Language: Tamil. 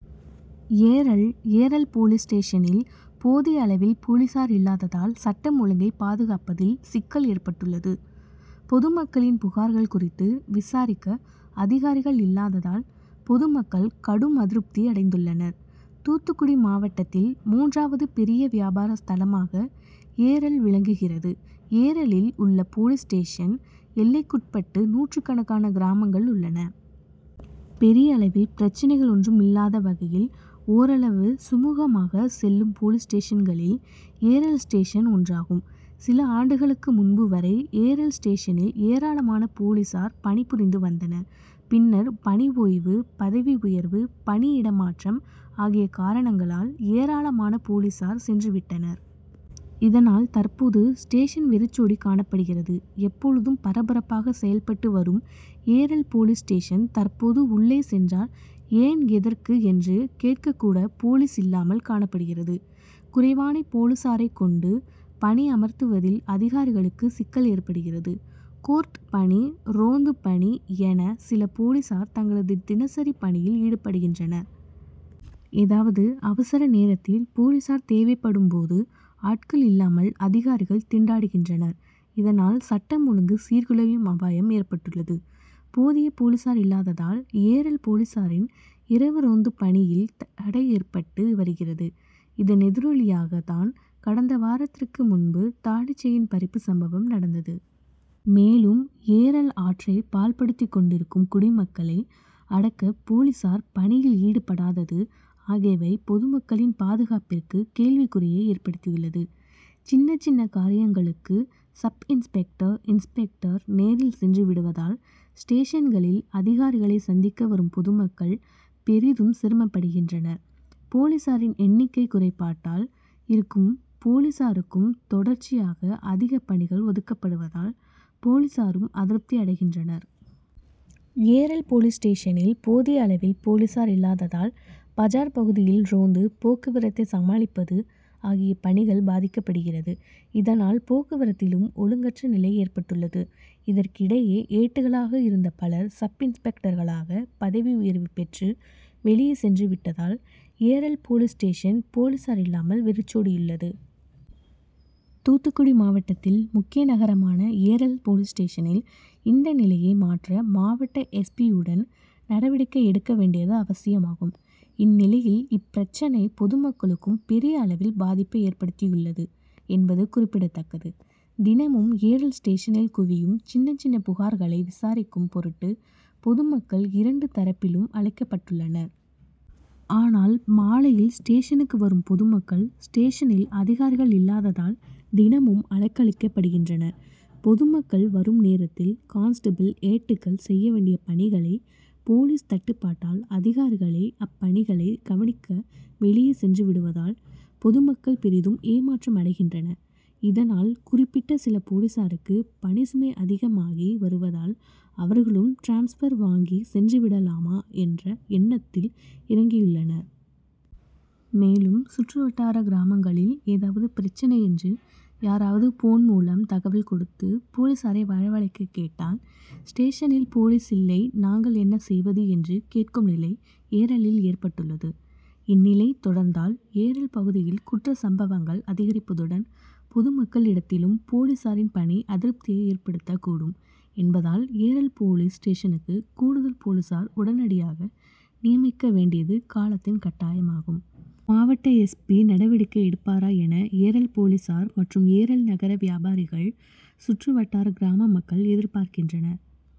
ஏரல் ஏரல்போலீஸ் ஸ்டேஷனில் போதிய அளவில் போலீசார் இல்லாததால் சட்டம் ஒழுங்கை பாதுகாப்பதில் சிக்கல் ஏற்பட்டுள்ளது. பொதுமக்களின் புகார்கள் குறித்து விசாரிக்க அதிகாரிகள் இல்லாததால் பொதுமக்கள் கடும் அதிருப்தி அடைந்துள்ளனர். தூத்துக்குடி மாவட்டத்தில் மூன்றாவது பெரிய வியாபார ஸ்தலமாக ஏரல் விளங்குகிறது. ஏரலில் உள்ள போலீஸ் ஸ்டேஷன் எல்லைக்குட்பட்டு நூற்றுக்கணக்கான கிராமங்கள் உள்ளன. பெரிய அளவில் பிரச்னைகள் ஒன்றும் இல்லாத வகையில் ஓரளவு சுமூகமாக செல்லும் போலீஸ் ஸ்டேஷன்களில் ஏரல் ஸ்டேஷன் ஒன்றாகும். சில ஆண்டுகளுக்கு முன்பு வரை ஏரல் ஸ்டேஷனில் ஏராளமான போலீசார் பணிபுரிந்து வந்தனர். பின்னர் பணி ஓய்வு, பதவி உயர்வு, பணி இடமாற்றம் ஆகிய காரணங்களால் ஏராளமான போலீசார் சென்றுவிட்டனர். இதனால் தற்போது ஸ்டேஷன் வெறிச்சோடி காணப்படுகிறது. எப்பொழுதும் பரபரப்பாக செயல்பட்டு வரும் ஏரல் போலீஸ் ஸ்டேஷன் தற்போது உள்ளே சென்றால் ஏன் எதற்கு என்று கேட்க கூட போலீஸ் இல்லாமல் காணப்படுகிறது. குறைவான போலீசாரைக் கொண்டு பணி அமர்த்துவதில் அதிகாரிகளுக்கு சிக்கல் ஏற்படுகிறது. கோர்ட் பணி, ரோந்து பணி என சில போலீசார் தங்களது தினசரி பணியில் ஈடுபடுகின்றனர். ஏதாவது அவசர நேரத்தில் போலீசார் தேவைப்படும் போது ஆட்கள் இல்லாமல் அதிகாரிகள் திண்டாடுகின்றனர். இதனால் சட்டம் ஒழுங்கு சீர்குலையும் அபாயம் ஏற்பட்டுள்ளது. போதிய போலீசார் இல்லாததால் ஏரல் போலீசாரின் இரவு ரோந்து பணியில் தடை ஏற்பட்டு வருகிறது. இதன் எதிரொலியாக தான் கடந்த வாரத்திற்கு முன்பு தாலிசெயின் பறிப்பு சம்பவம் நடந்தது. மேலும் ஏரல் ஆற்றை பாழ்படுத்தி கொண்டிருக்கும் குடிமக்களை அடக்க போலீசார் பணியில் ஈடுபடாதது ஆகியவை பொதுமக்களின் பாதுகாப்பிற்கு கேள்விக்குறியை ஏற்படுத்தியுள்ளது. சின்ன சின்ன காரியங்களுக்கு சப்-இன்ஸ்பெக்டர், இன்ஸ்பெக்டர் நேரில் சென்று விடுவதால் ஸ்டேஷன்களில் அதிகாரிகளை சந்திக்க வரும் பொதுமக்கள் பெரிதும் சிரமப்படுகின்றனர். போலீசாரின் எண்ணிக்கை குறைபாட்டால் இருக்கும் போலீசாருக்கும் தொடர்ச்சியாக அதிக பணிகள் ஒதுக்கப்படுவதால் போலீசாரும் அதிருப்தி அடைகின்றனர். ஏரல் போலீஸ் ஸ்டேஷனில் போதிய அளவில் போலீசார் இல்லாததால் பஜார் பகுதியில் ரோந்து, போக்குவரத்தை சமாளிப்பது ஆகிய பணிகள் பாதிக்கப்படுகிறது. இதனால் போக்குவரத்திலும் ஒழுங்கற்ற நிலை ஏற்பட்டுள்ளது. இதற்கிடையே ஏட்டுக்களாக இருந்த பலர் சப்-இன்ஸ்பெக்டர்களாக பதவி உயர்வு பெற்று வெளியே சென்று விட்டதால் ஏரல் போலீஸ் ஸ்டேஷன் போலீசார் இல்லாமல் வெறிச்சோடியுள்ளது. தூத்துக்குடி மாவட்டத்தில் முக்கிய நகரமான ஏரல் போலீஸ் ஸ்டேஷனில் இந்த நிலையை மாற்ற மாவட்ட எஸ். பி., உடன் நடவடிக்கை எடுக்க வேண்டியது அவசியமாகும். இந்நிலையில் இப்பிரச்சனை பொதுமக்களுக்கும் பெரிய அளவில் பாதிப்பை ஏற்படுத்தியுள்ளது என்பது குறிப்பிடத்தக்கது. தினமும் ஏரல் ஸ்டேஷனில் குவியும் சின்ன சின்ன புகார்களை விசாரிக்கும் பொருட்டு பொதுமக்கள் இரண்டு தரப்பிலும் அழைக்கப்பட்டுள்ளனர். ஆனால் மாலையில் ஸ்டேஷனுக்கு வரும் பொதுமக்கள் ஸ்டேஷனில் அதிகாரிகள் இல்லாததால் தினமும் அலைக்கழிக்கப்படுகின்றனர். பொதுமக்கள் வரும் நேரத்தில் கான்ஸ்டபிள், ஏட்டுக்கள் செய்யவேண்டிய பணிகளை போலீஸ் தட்டுப்பாட்டால் அதிகாரிகளே அப்பணிகளை கவனிக்க வெளியே சென்றுவிடுவதால் பொதுமக்கள் பெரிதும் ஏமாற்றம் அடைகின்றனர். இதனால் குறிப்பிட்ட சில போலீசாருக்கு பணிசுமை அதிகமாகி வருவதால் அவர்களும் டிரான்ஸ்பர் வாங்கி சென்றுவிடலாமா என்ற எண்ணத்தில் இறங்கியுள்ளனர். மேலும், சுற்றுவட்டார கிராமங்களில் ஏதாவது பிரச்னை என்று யாராவது போன் மூலம் தகவல் கொடுத்து போலீசாரை வரவழைக்க கேட்டால் ஸ்டேஷனில் போலீஸ் இல்லை நாங்கள் என்ன செய்வது என்று கேட்கும் நிலை ஏரலில் ஏற்பட்டுள்ளது. இந்நிலை தொடர்ந்தால் ஏரல் பகுதியில் குற்ற சம்பவங்கள் அதிகரிப்பதுடன் பொது மக்களிடத்திலும் போலீசாரின் பணி அதிருப்தியை ஏற்டுத்தக் கூடும் என்பதால் ஏரல் போலீஸ் ஸ்டேஷனுக்கு கூடுதல் போலீசார் உடனடியாக நியமிக்க வேண்டியது காலத்தின் கட்டாயமாகும். மாவட்ட எஸ். பி.,நடவடிக்கை எடுப்பாரா என ஏரல் போலீசார் மற்றும் ஏரல் நகர வியாபாரிகள், சுற்று வட்டார கிராமமக்கள் எதிர்பார்க்கின்றனர்.